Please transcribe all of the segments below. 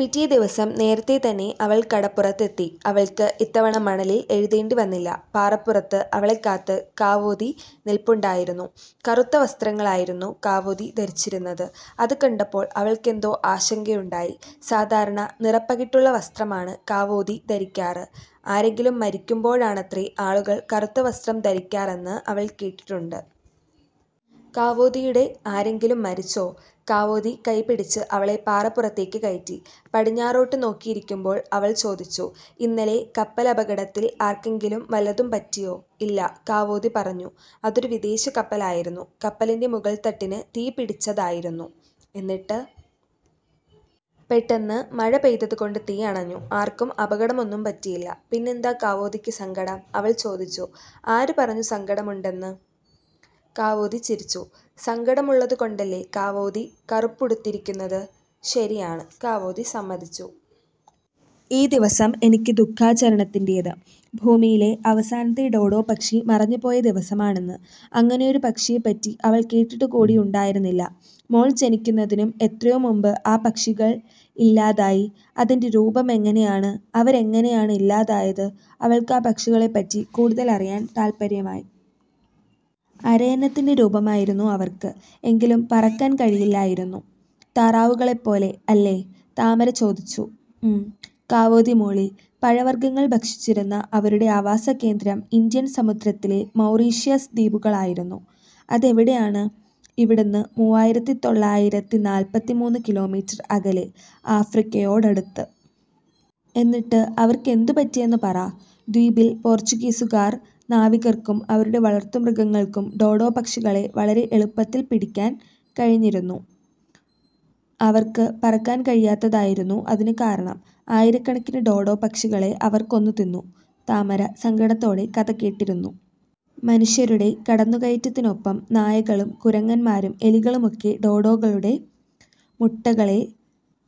പിറ്റേദിവസം നേരത്തേതന്നെ അവള് കടപ്പുറത്തെത്തി. അവള്‍ക്ക് ഇത്തവണ മണലിൽ എഴുതേണ്ടിവന്നില്ല. പാറപ്പുറത്ത് അവളെ കാത്ത് കാവോതി നിൽപ്പുണ്ടായിരുന്നു. കറുത്ത വസ്ത്രങ്ങളായിരുന്നു കാവോതി ധരിച്ചിരുന്നത്. അത് കണ്ടപ്പോള്‍ അവൾക്കെന്തോ ആശങ്കയുണ്ടായി. സാധാരണ നിറപ്പകിട്ടുള്ള വസ്ത്രമാണ് കാവോതി ധരിക്കാറ്. ആരെങ്കിലും മരിക്കുമ്പോഴാണത്രേ ആളുകള്‍ കറുത്ത വസ്ത്രം ധരിക്കാറെന്ന് അവള്‍ കേട്ടിട്ടുണ്ട്. കാവോതിയുടെ ആരെങ്കിലും മരിച്ചോ? കാവോതി കൈപിടിച്ച് അവളെ പാറപ്പുറത്തേക്ക് കയറ്റി. പടിഞ്ഞാറോട്ട് നോക്കിയിരിക്കുമ്പോള്‍ അവള്‍ ചോദിച്ചു:''ഇന്നലെ കപ്പലപകടത്തിൽ ആര്‍ക്കെങ്കിലും വല്ലതും പറ്റിയോ? '''' ഇല്ല '' കാവോതി പറഞ്ഞു: '' അതൊരു വിദേശ കപ്പലായിരുന്നു. കപ്പലിന്‍റെ മുകള്തട്ടിന് തീ പിടിച്ചതായിരുന്നു. '''' എന്നിട്ട്? '''' പെട്ടെന്ന് മഴ പെയ്തതുകൊണ്ട് തീ അണഞ്ഞു. ആര്‍ക്കും അപകടമൊന്നും പറ്റിയില്ല. '''' പിന്നെന്താ കാവോതിക്ക് സങ്കടം? '' അവള്‍ ചോദിച്ചു. '' ആരുപറഞ്ഞു സങ്കടമുണ്ടെന്ന്? '' കാവോതി ചിരിച്ചു. '' സങ്കടമുള്ളതുകൊണ്ടല്ലേ കാവോതി കറുപ്പുടുത്തിരിക്കുന്നത്? '''' ശരിയാണ് '' കാവോതി സമ്മതിച്ചു. '' ഈ ദിവസം എനിക്ക് ദുഖാചരണത്തിന്‍റേത്. ഭൂമിയിലെ അവസാനത്തെ ഡോഡോ പക്ഷി മറഞ്ഞുപോയ ദിവസമാണിന്ന്. '' അങ്ങനെയൊരു പക്ഷിയെപ്പറ്റി അവള്‍ കേട്ടിട്ടുകൂടി ഉണ്ടായിരുന്നില്ല. '' മോള്‍ ജനിക്കുന്നതിനും എത്രയോമുമ്പ് ആ പക്ഷികള് ഇല്ലാതായി. '''' അതിന്‍റെ രൂപം എങ്ങനെയാണ്? അവരെങ്ങനെയാണ് ഇല്ലാതായത്? '' അവൾക്കാ പക്ഷികളെപ്പറ്റി കൂടുതലറിയാന്‍ താത്പര്യമായി. '' അരയന്നത്തിന്‍റെ രൂപമായിരുന്നു അവര്ക്ക്. എങ്കിലും പറക്കാന്‍ കഴിയില്ലായിരുന്നു!. '''' താറാവുകളെപ്പോലെ അല്ലേ? '', താമര ചോദിച്ചു. '' ഉം '' കാവോതി മൂളി. '' പഴവർഗങ്ങൾ ഭക്ഷിച്ചിരുന്ന അവരുടെ ആവാസകേന്ദ്രം ഇന്ത്യൻ സമുദ്രത്തിലെ മൗറീഷ്യസ് ദ്വീപുകളായിരുന്നു. '''' അതെവിടെയാണ്? ഇവിടുന്ന് മൂവായിരത്തിതൊള്ളായിരത്തിനാല്പത്തിമൂന്നു കിലോമീറ്റര്‍ അകലെ ആഫ്രിക്കയോടടുത്ത്! '''' എന്നിട്ട് അവർക്കെന്തുപറ്റിയെന്ന് പറ! '''' ദ്വീപിൽ പോര്‍ച്ചുഗീസുകാർ നാവികര്‍ക്കും അവരുടെ വളര്‍ത്തുമൃഗങ്ങള്‍ക്കും ഡോഡോ പക്ഷികളെ വളരെ എളുപ്പത്തില്‍ പിടിക്കാന്‍ കഴിഞ്ഞിരുന്നു. അവര്‍ക്ക് പറക്കാന്‍ കഴിയാത്തതായിരുന്നു അതിന് കാരണം. ആയിരക്കണക്കിന് ഡോഡോ പക്ഷികളെ അവര്‍ കൊന്നുതിന്നു. '' താമര സങ്കടത്തോടെ കഥ കേട്ടിരുന്നു. '' മനുഷ്യരുടെ കടന്നുകയറ്റത്തിനൊപ്പം നായകളും കുരങ്ങന്മാരും എലികളുമൊക്കെ ഡോഡോകളുടെ മുട്ടകളെ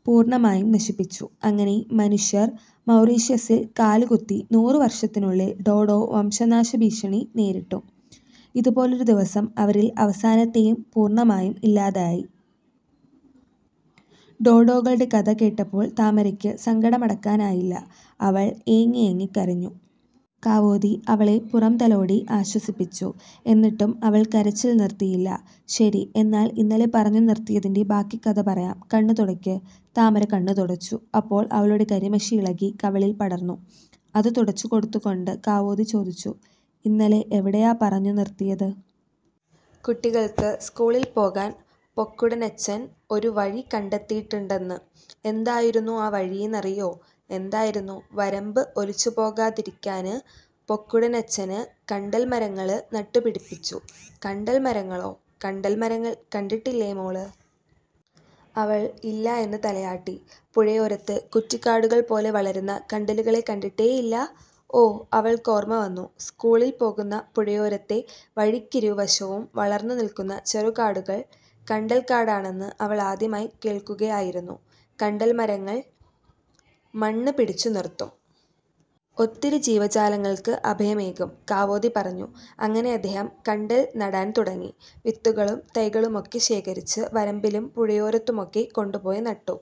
പൂര്‍ണമായും നശിപ്പിച്ചു. അങ്ങനെ മനുഷ്യര്‍ മൗറിഷ്യസിൽ കാലുകുത്തി നൂറ് വര്‍ഷത്തിനുള്ളില്‍ ഡോഡോ വംശനാശ ഭീഷണി നേരിട്ടു. ഇതുപോലൊരുദിവസം അവരില്‍ അവസാനത്തേതും പൂര്‍ണമായും ഇല്ലാതായി. '' ഡോഡോകളുടെ കഥ കേട്ടപ്പോള്‍ താമരയ്ക്ക് സങ്കടമടക്കാനായില്ല. അവള്‍ ഏങ്ങിയേങ്ങി കരഞ്ഞു. കാവോതി അവളെ പുറംതലോടി ആശ്വസിപ്പിച്ചു. എന്നിട്ടും അവള്‍ കരച്ചില്‍ നിര്‍ത്തിയില്ല. '' ശരി. എന്നാല്‍ ഇന്നലെ പറഞ്ഞു നിര്‍ത്തിയതിന്‍റെ ബാക്കി കഥ പറയാം. കണ്ണ് തുടയ്ക്ക്! '' താമര കണ്ണ് തുടച്ചു. അപ്പോള്‍ അവളുടെ കരിമഷി ഇളകി കവിളില്‍ പടര്‍ന്നു. അത് തുടച്ചുകൊടുത്തുകൊണ്ട് കാവോതി ചോദിച്ചു: '' ഇന്നലെ എവിടെയാ പറഞ്ഞു നിര്‍ത്തിയത്? '''' കുട്ടികള്‍ക്ക് സ്കൂളില്‍ പോകാന്‍ പൊക്കുടനച്ഛൻ ഒരു വഴി കണ്ടെത്തീട്ട്ണ്ടെന്ന്. '''' എന്തായിരുന്നു ആ വഴീന്നറിയോ? '''' എന്തായിരുന്നു? '''' വരമ്പ് ഒലിച്ചുപോകാതിരിക്കാന് പൊക്കുടനച്ഛച്ഛന് കണ്ടല്മരങ്ങള് നട്ടുപിടിപ്പിച്ചു. '''' കണ്ടല്മരങ്ങളോ? '''' കണ്ടല്മരങ്ങൾ കണ്ടിട്ടില്ലേ മോള്? '' അവള്‍ ഇല്ല എന്ന് തലയാട്ടി. '' പുഴയോരത്ത് കുറ്റിക്കാടുകൾ പോലെ വളരുന്ന കണ്ടലുകളെ കണ്ടിട്ടേയില്ല? '''' ഓ '' അവള്‍ക്കോർമ്മ വന്നു. സ്കൂളില്‍ പോകുന്ന പുഴയോരത്തെ വഴിക്കിരുവശവും വളര്‍ന്നു നില്‍ക്കുന്ന ചെറുകാടുകള്‍ കണ്ടൽ കാടാണെന്ന് അവള്‍ ആദ്യമായി കേള്‍ക്കുകയായിരുന്നു. '' കണ്ടല്മരങ്ങൽ മണ്ണ് പിടിച്ചു നിര്‍ത്തും. ഒത്തിരി ജീവജാലങ്ങള്‍ക്ക് അഭയമേകും. '' കാവോതി പറഞ്ഞു. '' അങ്ങനെ അദ്ദേഹം കണ്ടല്‍ നടാന്‍ തുടങ്ങി. വിത്തുകളും തൈകളുമൊക്കെ ശേഖരിച്ച് വരമ്പിലും പുഴയോരത്തുമൊക്കെ കൊണ്ടുപോയി നട്ടു.